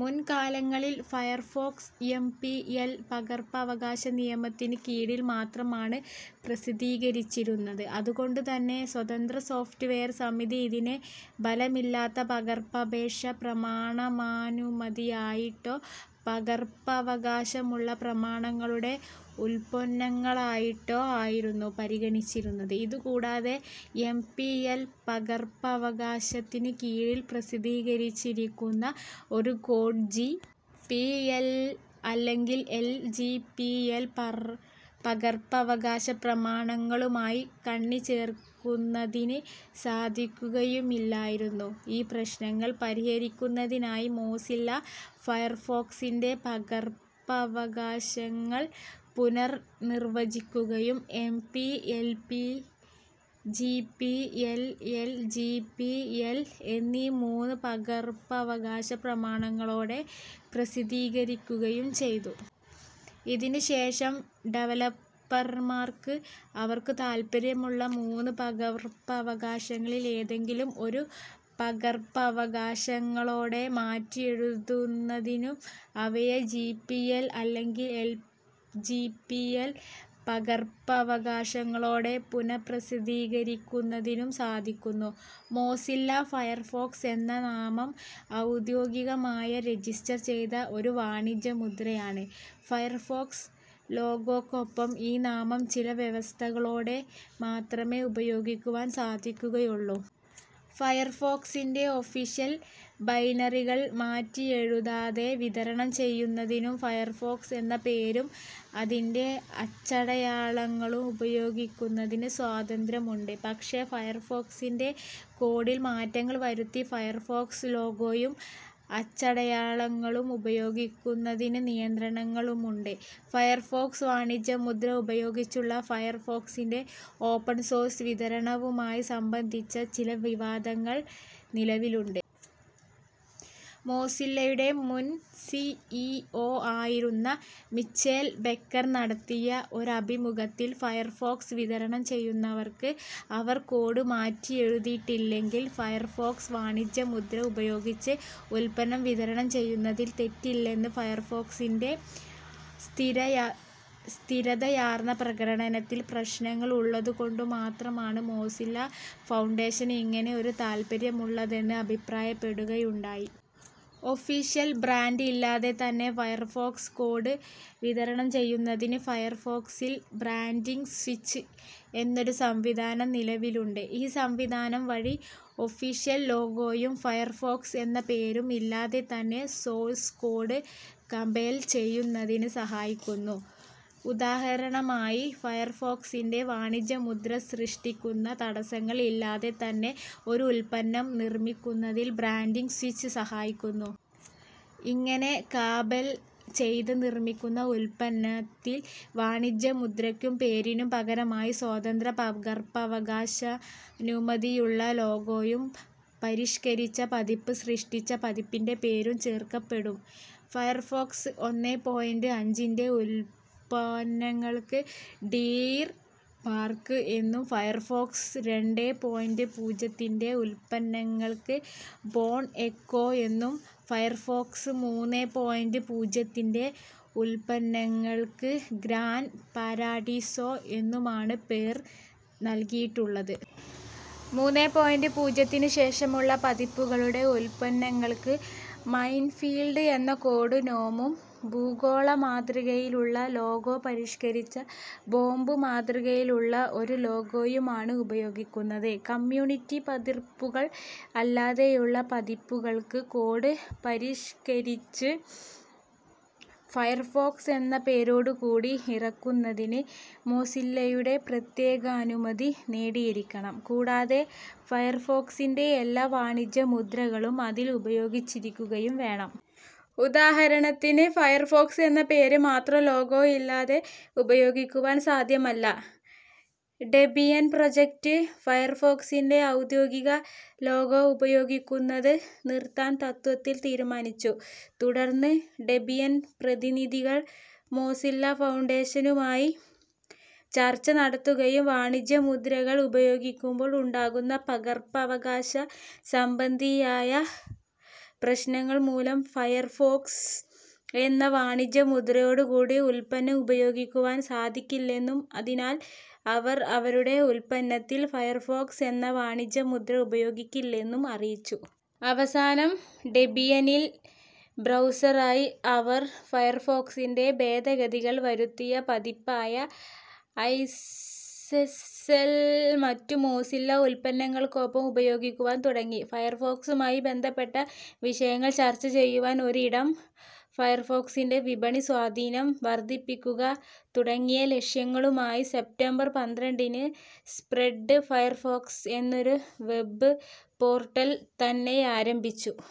മുൻകാലങ്ങളിൽ, Firefox M. P. L പകർപ്പവകാശ നിയമത്തിനു കീഴിൽ മാത്രമാണു പ്രസിദ്ധീകരിച്ചിരുന്നത് അതുകൊണ്ടു തന്നെ സ്വതന്ത്രസോഫ്റ്റ് വെയർ സമിതി ഇതിനെ ബലമില്ലാത്ത പകർപ്പപേക്ഷ പ്രമാണാനുമതിയായിട്ടോ, പകർപ്പവകാശമുള്ള പ്രമാണങ്ങളുടെ ഉപോല്പന്നങ്ങളായിട്ടോ ആയിരുന്നു പരിഗണിച്ചിരുന്നത്. ഇതുകൂടാതെ, എം. പി. എൽ. പകർപ്പവകാശത്തിനു കീഴിൽ പ്രസിദ്ധീകരിച്ചിരിക്കുന്ന ഒരു കോഡ് ജി. പി. എൽ അല്ലെങ്കിൽ എൽ. ജി. പി. എൽ. പകർപ്പവകാശപ്രമാണങ്ങളുമായി കണ്ണിചേർക്കുന്നതിന് സാധിക്കുകയുമില്ലായിരുന്നു. ഈ പ്രശ്നങ്ങൾ പരിഹരിക്കുന്നതിനായി മോസില്ല ഫയർഫോക്സിൻ്റെ പകർപ്പവകാശങ്ങൾ പുനർ നിർവ്വചിക്കുകയും, M. P. L., G. P. L., L. G. P. L എന്നീ മൂന്നു പകർപ്പവകാശ പ്രമാണങ്ങളോടെ പ്രസിദ്ധീകരിക്കുകയും ചെയ്തു. ഇതിനുശേഷം ഡെവലപ്പർമാർക്ക് അവർക്കു താല്പര്യമുള്ള, മൂന്ന് പകർപ്പവകാശങ്ങളിൽ ഏതെങ്കിലും ഒരു, പകർപ്പവകാശങ്ങളൊടെ മാറ്റിയെഴുതുന്നതിനും അവയെ ജി. പി. എൽ അല്ലെങ്കിൽ എൽ. ജി. പി. എൽ. പകർപ്പവകാശങ്ങളോടെ പുനപ്രസിദ്ധീകരിക്കുന്നതിനും സാധിക്കുന്നു. മോസില്ല ഫയർഫോക്സ് എന്ന നാമം ഔദ്യോഗികമായ രജിസ്റ്റർ ചെയ്ത ഒരു വാണിജ്യ മുദ്രയാണ്. ഫയർഫോക്സ് ലോഗോക്കൊപ്പം ഈ നാമം ചില വ്യവസ്ഥകളോടെ മാത്രമേ ഉപയോഗിക്കുവാൻ സാധിക്കുകയുള്ളൂ. ഫയർഫോക്സിൻ്റെ ഒഫീഷ്യൽ ബൈനറികൾ മാറ്റിയെഴുതാതെ വിതരണം ചെയ്യുന്നതിനും ഫയർഫോക്സ് എന്ന പേരും, അതിൻ്റെ അച്ചടയാളങ്ങളും ഉപയോഗിക്കുന്നതിന് സ്വാതന്ത്ര്യമുണ്ട്. പക്ഷേ ഫയർഫോക്സിൻ്റെ കോഡിൽ മാറ്റങ്ങൾ വരുത്തി ഫയർഫോക്സ് ലോഗോയും, അച്ചടയാളങ്ങളും ഉപയോഗിക്കുന്നതിനു നിയന്ത്രണങ്ങളുമുണ്ട്. ഫയർഫോക്സ് വാണിജ്യമുദ്ര ഉപയോഗിച്ചുള്ള ഫയർഫോക്സിൻ്റെ ഓപ്പൺ സോഴ്സ് വിതരണവുമായി സംബന്ധിച്ച ചില വിവാദങ്ങൾ നിലവിലുണ്ട്. മോസില്ലയുടെ മുൻ സി. ഇ. ഒ ആയിരുന്ന മിച്ചെൽ ബെക്കർ നടത്തിയ ഒരു അഭിമുഖത്തിൽ, ഫയർഫോക്സ് വിതരണം ചെയ്യുന്നവർക്ക് അവർ കോഡ് മാറ്റിയെഴുതിയിട്ടില്ലെങ്കിൽ ഫയഫോക്സ് വാണിജ്യമുദ്ര ഉപയോഗിച്ച് ഉല്പന്നം വിതരണം ചെയ്യുന്നതിൽ തെറ്റില്ലെന്നും, ഫയർഫോക്സിൻ്റെ സ്ഥിരതയാർന്ന പ്രകടനത്തിൽ പ്രശ്നങ്ങൾ ഉള്ളതുകൊണ്ടുമാത്രമാണ് മോസില്ല ഫൗണ്ടേഷനു ഇങ്ങനെ ഒരു താല്പര്യമുള്ളതെന്ന് അഭിപ്രായപ്പെടുകയുണ്ടായി. ഒഫീഷ്യൽ ബ്രാന്റ് ഇല്ലാതെ തന്നെ ഫയർഫോക്സ് കോഡ് വിതരണം ചെയ്യുന്നതിന് ഫയർഫോക്സിൽ ബ്രാന്റിങ്ങ് സിച്ച് എന്നൊരു സംവിധാനം നിലവിലുണ്ട്. ഈ സംവിധാനം വഴി ഒഫീഷ്യൽ ലോഗോയും, ഫയർഫോക്സ് എന്ന പേരും ഇല്ലാതെ തന്നെ സോഴ്സ് കോഡ് കമ്പൈൽ ചെയ്യുന്നതിനു സഹായിക്കുന്നു. ഉദാഹരണമായി, ഫയർഫോക്സിൻ്റെ വാണിജ്യമുദ്ര സൃഷ്ടിക്കുന്ന തടസ്സങ്ങൾ ഇല്ലാതെ തന്നെ ഒരു ഉല്പന്നം നിർമ്മിക്കുന്നതിൻ ബ്രാന്റിങ്ങ് സ്വിച്ച് സഹായിക്കുന്നു. ഇങ്ങനെ കമ്പൈൽ ചെയ്ത് നിർമ്മിക്കുന്ന ഉല്പന്നത്തിൽ വാണിജ്യമുദ്രക്കും, പേരിനും പകരമായി സ്വതന്ത്ര പകർപ്പവകാശാനുമതിയുള്ള ലോഗോയും, പരിഷ്കരിച്ച പതിപ്പ് സൃഷ്ടിച്ച പതിപ്പിൻ്റെ പേരും ചേർക്കപ്പെടും. ഫയർഫോക്സ് ഒന്നേ പോയിന്റ് അഞ്ചിൻ്റെ ഉപോല്പന്നങ്ങൾക്ക് ഡീർ പാർക്ക് എന്നും ഫയർഫോക്സ് രണ്ടേ പോയിന്റ് പൂജ്യത്തിൻ്റെ ഉപ ഉല്പന്നങ്ങൾക്ക് ബോൺ എക്കോ എന്നും, ഫയർഫോക്സ് മൂന്നേ പോയിന്റ് പൂജ്യത്തിൻ്റെ ഉപോല്പന്നങ്ങൾക്ക് ഗ്രാൻ പരാഡിസോ എന്നുമാണു പേർ നൽകിയിട്ടുള്ളത്. മൂന്നേ പോയിന്റ് പൂജ്യത്തിനു ശേഷമുള്ള പതിപ്പുകളുടെ ഉപോല്പന്നങ്ങൾക്ക് മൈൻഫീൽഡ് എന്ന കോഡ് നേമും ഭൂഗോളമാതൃകയിലുള്ള ലോഗോ പരിഷ്കരിച്ച് ബോബ് മാതൃകയിലുള്ള ഒരു ലോഗോയുമാണ് ഉപയോഗിക്കുന്നത്. കമ്യൂണിറ്റി പതിപ്പുകൾ അല്ലാതെയുള്ള പതിപ്പുകൾക്ക്, കോഡ് പരിഷരിച്ച് ഫയർഫോക്സ് എന്ന പേരോടുകൂടി ഇറക്കുന്നതിന് മോസില്ലയുടെ പ്രത്യേകാനുമതി നേടിയിരിക്കണം. കൂടാതെ ഫയർഫോക്സിൻ്റെ എല്ലാ വാണിജ്യമുദ്രകളും അതിൽ ഉപയോഗിച്ചിരിക്കുകയും വേണം. ഉദാഹരണത്തിൽ ഫയർഫോക്സ് എന്ന പേര് മാത്രം ലോഗോ ഇല്ലാതെ ഉപയോഗിക്കുവാൻ സാദ്ധ്യമല്ല. ഡെബിയൻ പ്രൊജക്റ്റ് ഫയർഫോക്സിൻ്റെ ഔദ്യോഗിക ലോഗോ ഉപയോഗിക്കുന്നത് നിർത്താൻ തത്ത്വത്തിൽ തീരുമാനിച്ചു. തുടർന്ന് ഡെബിയൻ പ്രതിനിധികൾ മോസില്ല ഫൗണ്ടേഷനുമായി ചർച്ചകൾ നടത്തുകയും, വാണിജ്യമുദ്രകൾ ഉപയോഗിക്കുമ്പോൾ ഉണ്ടാകുന്ന പകർപ്പവകാശ സംബന്ധിയായ പ്രശ്നങ്ങൾ മൂലം ഫയർഫോക്സ് എന്ന വാണിജ്യമുദ്രയോടു കൂടി ഉല്പന്നം ഉപയോഗിക്കുവാൻ സാധിക്കില്ലെന്നും അതിനാൽ അവർ അവരുടെ ഉല്പന്നത്തിൽ ഫയർഫോക്സ് എന്ന വാണിജ്യമുദ്ര ഉപയോഗിക്കില്ലെന്നും അറിയിച്ചു. അവസാനം, ഡെബിയനിൽ ബ്രൗസറായി അവർ ഫയർഫോക്സിൻ്റെ ഭേദഗതികൾ വരുത്തിയ പതിപ്പായ ഐസ്വെസ്സൽ മറ്റു മോസില്ല ഉല്പന്നങ്ങൾക്കൊപ്പം ഉപയോഗിക്കുവാൻ തുടങ്ങി. ഫയർഫോക്സുമായി ബന്ധപ്പെട്ട വിഷയങ്ങൾ ചർച്ച ചെയ്യുവാൻ ഒരിടം, ഫയർഫോക്സിൻ്റെ വിപണി സ്വാധീനം വർദ്ധിപ്പിക്കുക തുടങ്ങിയ ലക്ഷ്യങ്ങളുമായി, സെപ്റ്റംബർ പന്ത്രണ്ടിന്, സ്പ്രെഡ് ഫയർഫോക്സ് എന്നൊരു വെബ്ബ് പോർട്ടൽ തന്നെയാരംഭിച്ചു.